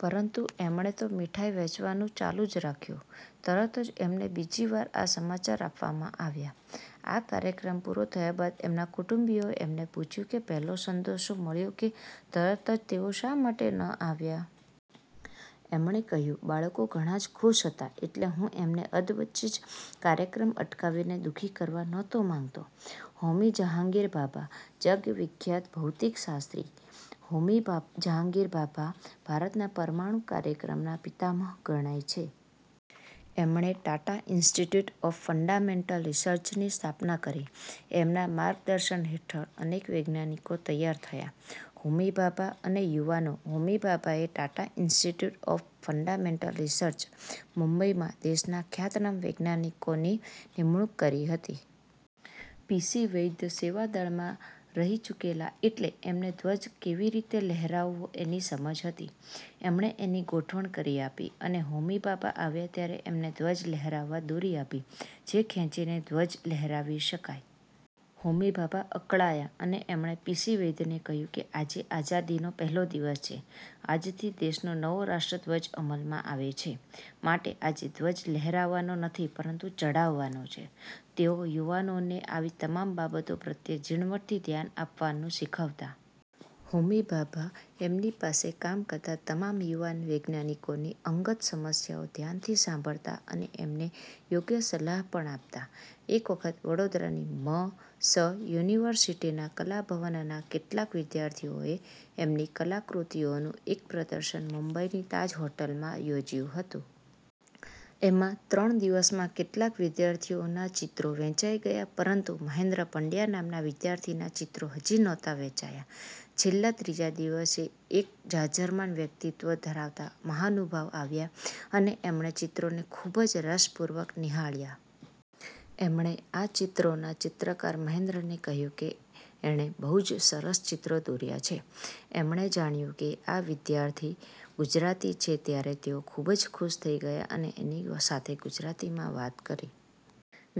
પરંતુ એમણે તો મીઠાઈ વહેંચવાનું ચાલુ જ રાખ્યું. તરત જ એમને બીજી વાર આ સમાચાર આપવામાં આવ્યા. આ કાર્યક્રમ પૂરો થયા બાદ એમના કુટુંબીઓએ એમને પૂછ્યું કે પહેલો સંદેશો મળ્યો કે તરત જ તેઓ શા માટે ન આવ્યા? એમણે કહ્યું, "બાળકો ઘણા જ ખુશ હતા એટલે હું એમને અધવચ્ચે જ કાર્યક્રમ અટકાવીને દુઃખી કરવા નહોતો માંગતો. " હોમી જહાંગીર ભાભા જગ વિખ્યાત ભૌતિકશાસ્ત્રી હોમી જહાંગીર ભાભા ભારતના પરમાણુ કાર્યક્રમના પિતામહ ગણાય છે. એમણે ટાટા ઇન્સ્ટિટ્યૂટ ઓફ ફંડામેન્ટલ રિસર્ચની સ્થાપના કરી. એમના માર્ગદર્શન હેઠળ અનેક વૈજ્ઞાનિકો તૈયાર થયા. હોમી ભાભા અને યુવાનો હોમી ભાભાએ Tata institute of fundamental research, મુંબઈમાં દેશના ખ્યાતનામ વૈજ્ઞાનિકોની નિમણુંક કરી હતી. પી. સી. વૈદ્ય સેવાદળમાં રહી ચૂકેલા એટલે એમને ધ્વજ કેવી રીતે લહેરાવવો એની સમજ હતી. એમણે એની ગોઠવણ કરી આપી અને હોમી ભાભા આવ્યા ત્યારે એમને ધ્વજ લહેરાવવા દોરી આપી જે ખેંચીને ધ્વજ લહેરાવી શકાય. હોમી ભાભા અકળાયા અને એમણે પી. સી. વૈદ્યને કહ્યું કે, "આજે આઝાદીનો પહેલો દિવસ છે. આજથી દેશનો નવો રાષ્ટ્રધ્વજ અમલમાં આવે છે. માટે આજે ધ્વજ લહેરાવવાનો નથી પરંતુ ચઢાવવાનો છે. " તેઓ યુવાનોને આવી તમામ બાબતો પ્રત્યે ઝીણવટથી ધ્યાન આપવાનું શીખવતા. હોમી ભાભા એમની પાસે કામ કરતા તમામ યુવાન વૈજ્ઞાનિકોની અંગત સમસ્યાઓ ધ્યાનથી સાંભળતા અને એમને યોગ્ય સલાહ પણ આપતા. એક વખત વડોદરાની મ. સ. યુનિવર્સીટીના કલાભવનના કેટલાક વિદ્યાર્થીઓએ એમની કલાકૃતિઓનું એક પ્રદર્શન મુંબઈની તાજ હોટેલમાં યોજ્યું હતું. એમાં ત્રણ દિવસમાં કેટલાક વિદ્યાર્થીઓના ચિત્રો વેંચાઈ ગયા પરંતુ મહેન્દ્ર પંડયા નામના વિદ્યાર્થીના ચિત્રો હજી નહોતા વેંચાયા. છેલ્લા ત્રીજા દિવસે એક જાજરમાન વ્યક્તિત્વ ધરાવતા મહાનુભાવ આવ્યા અને એમણે ચિત્રોને ખુબ જ રસપૂર્વક નિહાળ્યા. એમણે આ ચિત્રોના ચિત્રકાર મહેન્દ્રને કહ્યું કે એણે બહુ જ સરસ ચિત્રો દોર્યા છે. એમણે જાણ્યું કે આ વિદ્યાર્થી ગુજરાતી છે ત્યારે તેઓ ખુબ જ ખુશ થઇ ગયા અને એની સાથે ગુજરાતીમાં વાત કરી.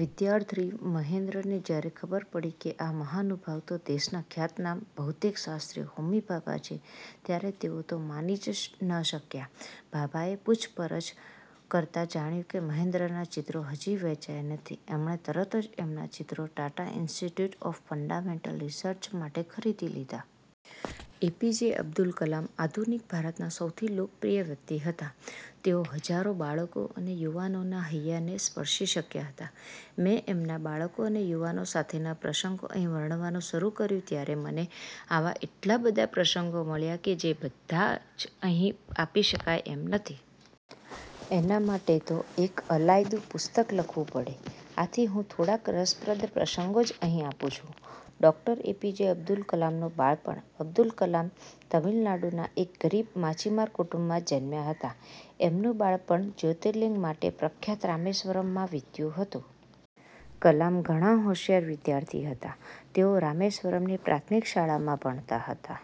વિદ્યાર્થી મહેન્દ્રને જયારે ખબર પડી કે આ મહાનુભાવ તો દેશના ખ્યાતનામ ભૌતિકશાસ્ત્રી હોમી ભાભા છે ત્યારે તેઓ તો માની જ ન શક્યા. ભાભાએ પૂછપરછ કરતાં જાણ્યું કે મહેન્દ્રના ચિત્રો હજી વેંચાયા નથી. એમણે તરત જ એમના ચિત્રો Tata institute of fundamental research માટે ખરીદી લીધા. એપીજે અબ્દુલ કલામ આધુનિક ભારતના સૌથી લોકપ્રિય વ્યક્તિ હતા. તેઓ હજારો બાળકો અને યુવાનોના હૈયાને સ્પર્શી શક્યા હતા. મેં એમના બાળકો અને યુવાનો સાથેના પ્રસંગો અહીં વર્ણવવાનું શરુ કર્યું ત્યારે મને આવા એટલા બધા પ્રસંગો મળ્યા કે જે બધા જ અહીં આપી શકાય એમ નથી. એના માટે તો એક અલાયદું પુસ્તક લખવું પડે! આથી હું થોડાક રસપ્રદ પ્રસંગો જ અહીં આપું છું. ડૉ. એપીજે અબ્દુલ કલામનું બાળપણ અબ્દુલ કલામ તામિલનાડુના એક ગરીબ માછીમાર કુટુંબમાં જનમ્યા હતા. એમનું બાળપણ જ્યોતિર્લિંગ માટે પ્રખ્યાત રામેશ્વરમમાં વીત્યું હતું. કલામ ઘણા હોશિયાર વિદ્યાર્થી હતા. તેઓ રામેશ્વરમની પ્રાથમિક શાળામાં ભણતા હતા.